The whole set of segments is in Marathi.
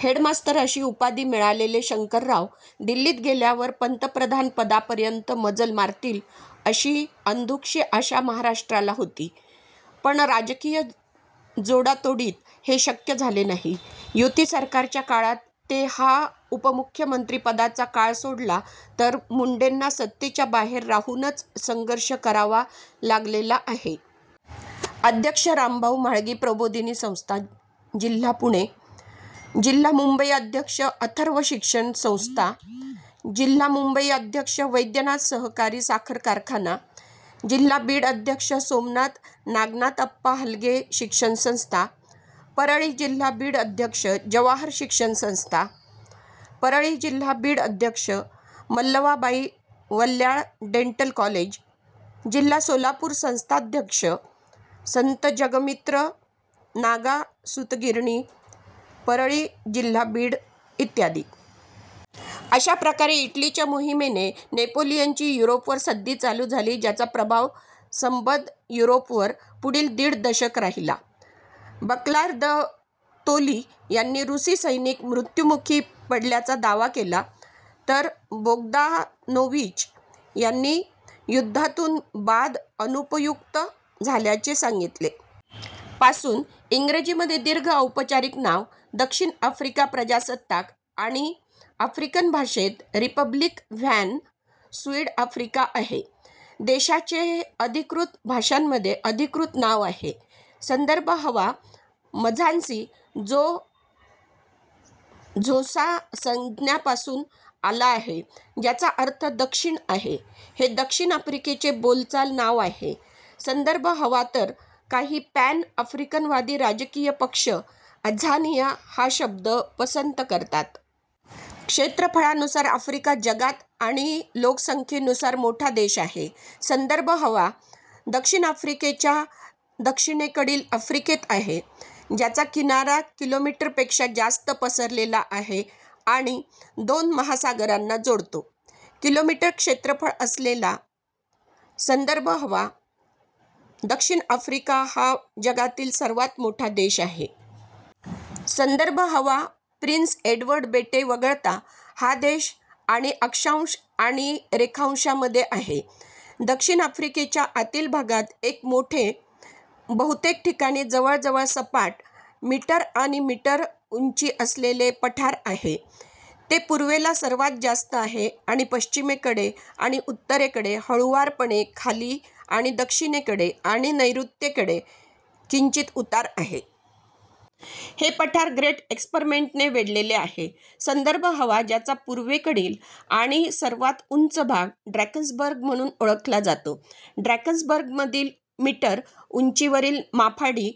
हेड मास्तर अशी उपाधी मिळालेले शंकरराव दिल्लीत गेल्यावर पन्तप्रधानपदापर्यंत मजल मारतील, अशी अंधूकशी आशा महाराष्ट्राला होती; पण राजकीय जोडातोडीत हे शक्य झाले नाही. युती सरकारच्या काळात ते हा उपमुख्यमंत्रीपदाचा काळ सोडला तर मुंडेंना सत्तेच्या बाहेर राहूनच संघर्ष करावा लागलेला आहे. अध्यक्ष: रामभाऊ म्हाळगी प्रबोधिनी संस्था, जिल्हा पुणे ,जिल्हा मुंबई अध्यक्ष: अथर्व शिक्षण संस्था, जिल्हा मुंबई अध्यक्ष: वैद्यनाथ सहकारी साखर कारखाना, जिल्हा बीड अध्यक्ष: सोमनाथ नागनाथअप्पा हालगे शिक्षण संस्था, परळी जिल्हा बीड अध्यक्ष: जवाहर शिक्षण संस्था, परळी जिल्हा बीड अध्यक्ष: मल्लवाबाई वल्ल्याळ डेंटल कॉलेज, जिल्हा सोलापूर संस्थाध्यक्ष: संत जगमित्र नागा सुतगिरणी, परळी जिल्हा बीड इ. अशा प्रकारे इटलीच्या मोहिमेने नेपोलियनची युरोपवर सद्दी चालू झाली ज्याचा प्रभाव संबध युरोपवर पुढील दीड दशक राहिला. बर्क्लाय दि तोली यांनी रूसी सैनिक मृत्युमुखी पडल्याचा दावा केला, तर बोगदानोविच यांनी युद्धातून बाद अनुपयुक्त झाल्याचे सांगितले. पासून, इंग्रजीमध्ये दीर्घ औपचारिक नाव "दक्षिण आफ्रिका प्रजासत्ताक" आणि आफ्रिकन भाषेत रिपब्लिक व्हॅन सुइड-आफ्रिका आहे. देशाचे अधिकृत भाषांमध्ये अधिकृत नाव आहे. संदर्भ हवा मझान्सी, जो झोसा संज्ञा पासून आला आहे ज्याचा अर्थ "दक्षिण" आहे, हे दक्षिण आफ्रिकेचे बोलचाल नाव आहे, संदर्भ हवा तर काही पॅन-आफ्रिकनवादी राजकीय पक्ष "अझानिया" हा शब्द पसंत करतात. क्षेत्रफळानुसार आफ्रिका जगात आणि लोकसंख्येनुसार मोठा देश आहे. संदर्भ हवा दक्षिण आफ्रिकेच्या दक्षिणेकडील आफ्रिकेत आहे, ज्याचा किनारा किमी पेक्षा जास्त पसरलेला आहे आणि दोन महासागरांना जोडतो. किमी क्षेत्रफळ असलेला, संदर्भ हवा दक्षिण आफ्रिका हा जगातील सर्वात मोठा देश आहे. संदर्भ हवा प्रिन्स एडवर्ड बेटे वगळता, हा देश आणि अक्षांश आणि आणि रेखांशांमध्ये आहे. दक्षिण आफ्रिकेच्या आतील भागात एक मोठे, बहुतेक ठिकाणी जवळजवळ सपाट, मीटर आणि मीटर उंची असलेले पठार आहे. ते पूर्वेला सर्वात जास्त आहे आणि पश्चिमेकडे आणि उत्तरेकडे हळूवारपणे खाली आणि दक्षिणेकडे आणि नैऋत्येकडे किंचित उतार आहे. हे पठार ग्रेट एस्कर्पमेंटने वेढलेले आहे. संदर्भ हवा ज्याचा पूर्वेकडील आणि सर्वात उंच भाग ड्रॅकेन्सबर्ग म्हणून ओळखला जातो. ड्रॅकेन्सबर्गमधील मीटर उंचीवरील माफाडी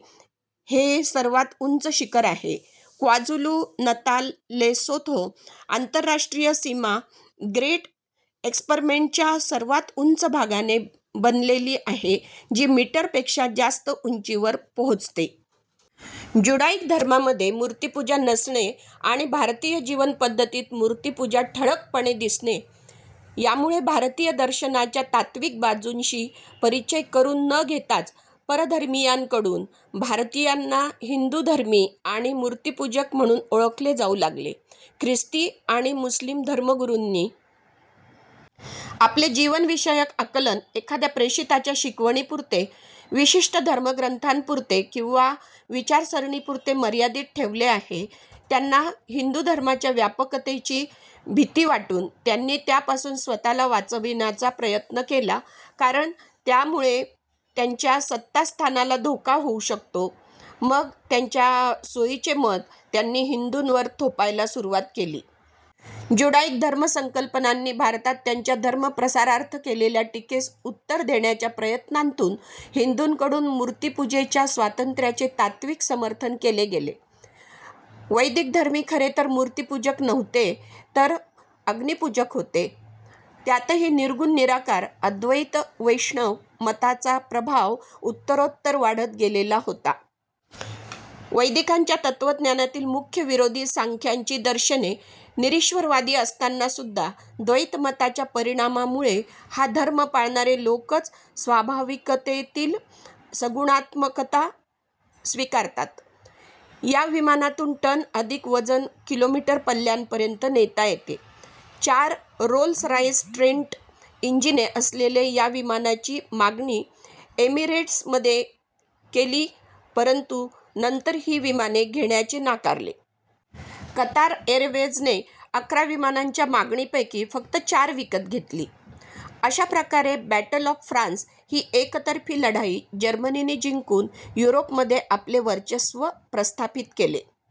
हे सर्वात उंच शिखर आहे. क्वाझुलु-नताल-लेसोथो आंतरराष्ट्रीय सीमा ग्रेट एस्कर्पमेंटच्या सर्वात उंच भागाने बनलेली आहे जी मीटर पेक्षा जास्त उंचीवर पोहोचते. ज्युडायिक धर्मांमध्ये मूर्तिपूजा नसणे आणि भारतीय जीवन पद्धतीत मूर्तिपूजा ठळकपणे दिसणे, यामुळे भारतीय दर्शनांच्या तात्त्विक बाजूंशी परिचय करून न घेताच परधर्मीयांकडून भारतीयांना हिंदुधर्मी आणि मूर्तिपूजक म्हणून ओळखले जाऊ लागले. ख्रिस्ती आणि मुस्लिम धर्मगुरूंनी आपले जीवनविषयक आकलन एखाद्या प्रेषिताच्या शिकवणीपुरते, विशिष्ट धर्मग्रथांपुरते किंवा विचारसरणीपुरते मर्यादित ठेवले आहे, त्यांना हिंदू धर्माच्या व्यापकतेची भीती वाटून त्यांनी त्यापासून स्वतःला वाचविण्याचा प्रयत्न केला, कारण त्यामुळे त्यांच्या सत्तास्थानाला धोका होऊ शकतो; मग त्यांच्या सोईचे मत त्यांनी हिंदूंवर थोपायला सुरुवात केली. ज्युडायिक धर्म संकल्पनांनी भारतात त्यांच्या धर्मप्रसारार्थ केलेल्या टीकेस उत्तर देण्याच्या प्रयत्नांतून हिंदूंकडून मूर्तिपूजेच्या स्वातंत्र्याचे तात्त्विक समर्थन केले गेले. वैदिकधर्मी खरेतर मूर्तिपूजक नव्हते, तर अग्निपूजक होते. त्यातही निर्गुण निराकार अद्वैत वैष्णव मताचा प्रभाव उत्तरोत्तर वाढत गेलेला होता. वैदिकांच्या तत्त्वज्ञानातील मुख्य विरोधी सांख्यांची दर्शने निरीश्वरवादी असतानासुद्धा द्वैत मताच्या परिणामामुळे हा धर्म पाळणारे लोकच स्वाभाविकतेतील सगुणात्मकता स्वीकारतात. या विमानातून टन अधिक वजन किमी पल्ल्यापर्यंत नेता येते. चार रोल्स रॉइस ट्रेंट इंजिने असलेले या विमानाची मागणी एमिरेट्सने मध्ये केली परंतु नंतर ही विमाने घेण्याचे नाकारले. कतार एरवेझने अकरा विमानांच्या मागणीपैकी फक्त चार विकत घेतली.। अशाप्रकारे बॅटल ऑफ फ्रान्स ही एकतर्फी लढाई जर्मनीने जिंकून युरोपमध्ये आपले वर्चस्व प्रस्थापित केले.